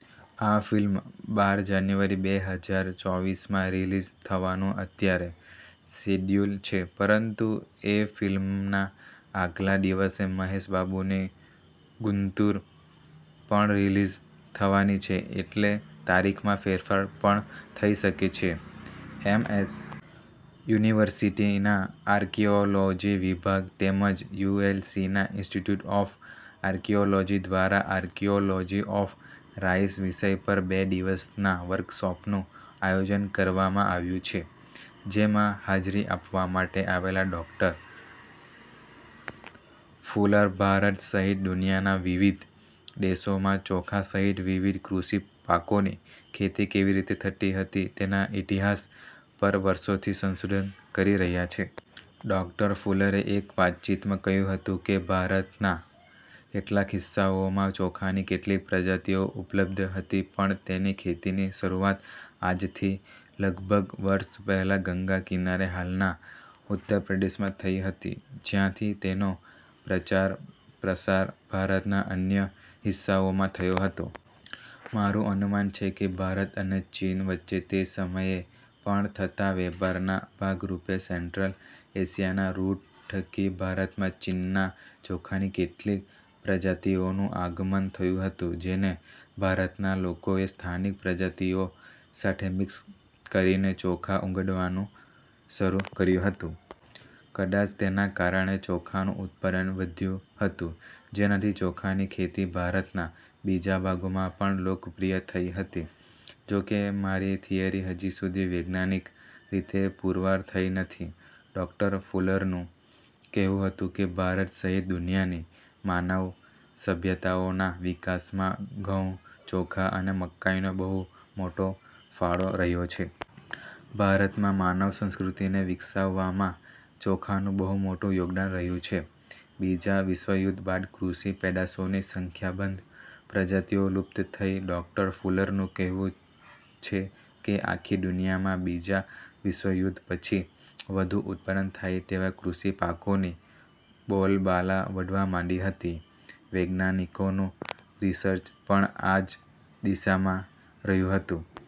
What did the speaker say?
આ ફિલ્મ બાર જાન્યુઆરી બે હજાર ચોવીસમાં રીલિઝ થવાનું અત્યારે શિડ્યુલ છે. પરંતુ એ ફિલ્મના આગલા દિવસે મહેશ બાબુની ગુંતુર પણ રીલિઝ થવાની છે, એટલે તારીખમાં ફેરફાર પણ થઈ શકે છે. એમ. એસ. યુનિવર્સિટીના આર્કિઓલોજી વિભાગ તેમજ યુએલસીના ઈન્સ્ટિટયુટ ઓફ આર્કિઓલોજી દ્વારા આર્કિઓલોજી ઓફ રાઈસ વિષય પર બે દિવસના વર્કશોપનુ આયોજન કરવામાં આવ્યુ છે. જેમાં હાજરી આપવા માટે આવેલા ડૉક્ટર ફુલર ભારત સહિત દુનિયાના વિવિધ દેશોમાં ચોખા સહિત વિવિધ કૃષિ પાકોની ખેતી કેવી રીતે થતી હતી તેના ઈતિહાસ પર વર્ષોથી સંશોધન કરી રહ્યા છે. ડૉક્ટર ફુલરે એક વાતચીતમાં કહ્યું હતું કે, ભારતના કેટલાક હિસ્સાઓમાં ચોખાની કેટલીક પ્રજાતિઓ ઉપલબ્ધ હતી પણ તેની ખેતીની શરુઆત આજથી લગભગ વર્ષ પહેલા ગંગા કિનારે હાલના ઉત્તરપ્રદેશમાં થઈ હતી. જ્યાંથી તેનો પ્રચાર પ્રસાર ભારતના અન્ય હિસ્સાઓમાં થયો હતો. મારુ અનુમાન છે કે ભારત અને ચીન વચ્ચે તે સમયે પણ થતા વેપારના ભાગરુપે સેન્ટ્રલ એશિયાના રુટ થકી ભારતમાં ચીનના ચોખાની કેટલીક પ્રજાતિઓનુ આગમન થયુ હતુ. જેને ભારતના લોકોએ સ્થાનિક પ્રજાતિઓ સાથે મિક્સ કરીને ચોખા ઉગાડવાનુ શરુ કર્યુ હતુ. કદાચ તેના કારણે ચોખાનુ ઉત્પાદન વધ્યુ હતુ. જેનાથી ચોખાની ખેતી ભારતના બીજા ભાગોમાં પણ લોકપ્રિય થઈ હતી. જોકે મારી થીયરી હજી સુધી વૈજ્ઞાાનિક રીતે પૂરવાર થઈ નથી. ડૉક્ટર ફુલરનુ કહેવુ હતું કે ભારત સહિત દુનિયાની માનવ સભ્યતાઓના વિકાસમાં ઘઉં, ચોખા અને મકાઈનો બહુ મોટો ફાળો રહ્યો છે. ભારતમાં માનવ સંસ્કૃતિને વિકસાવવામાં ચોખાનુ બહુ મોટુ યોગદાન રહ્યુ છે. બીજા વિશ્વયુધ્ધ બાદ કૃષિ પેદાશોની સંખ્યાબંધ પ્રજાતિઓ લુપ્ત થઈ ડો. ફુલરનુ કહેવુ છે કે આખી દુનિયામાં બીજા વિશ્વયુધ્ધ પછી વધુ ઉત્પાદન થાય તેવા કૃષિ પાકોની બોલબાલા વધવા માંડી હતી. વૈજ્ઞાાનિકોનુ રિસર્ચ પણ આ જ દિશામાં રહ્યુ હતુ.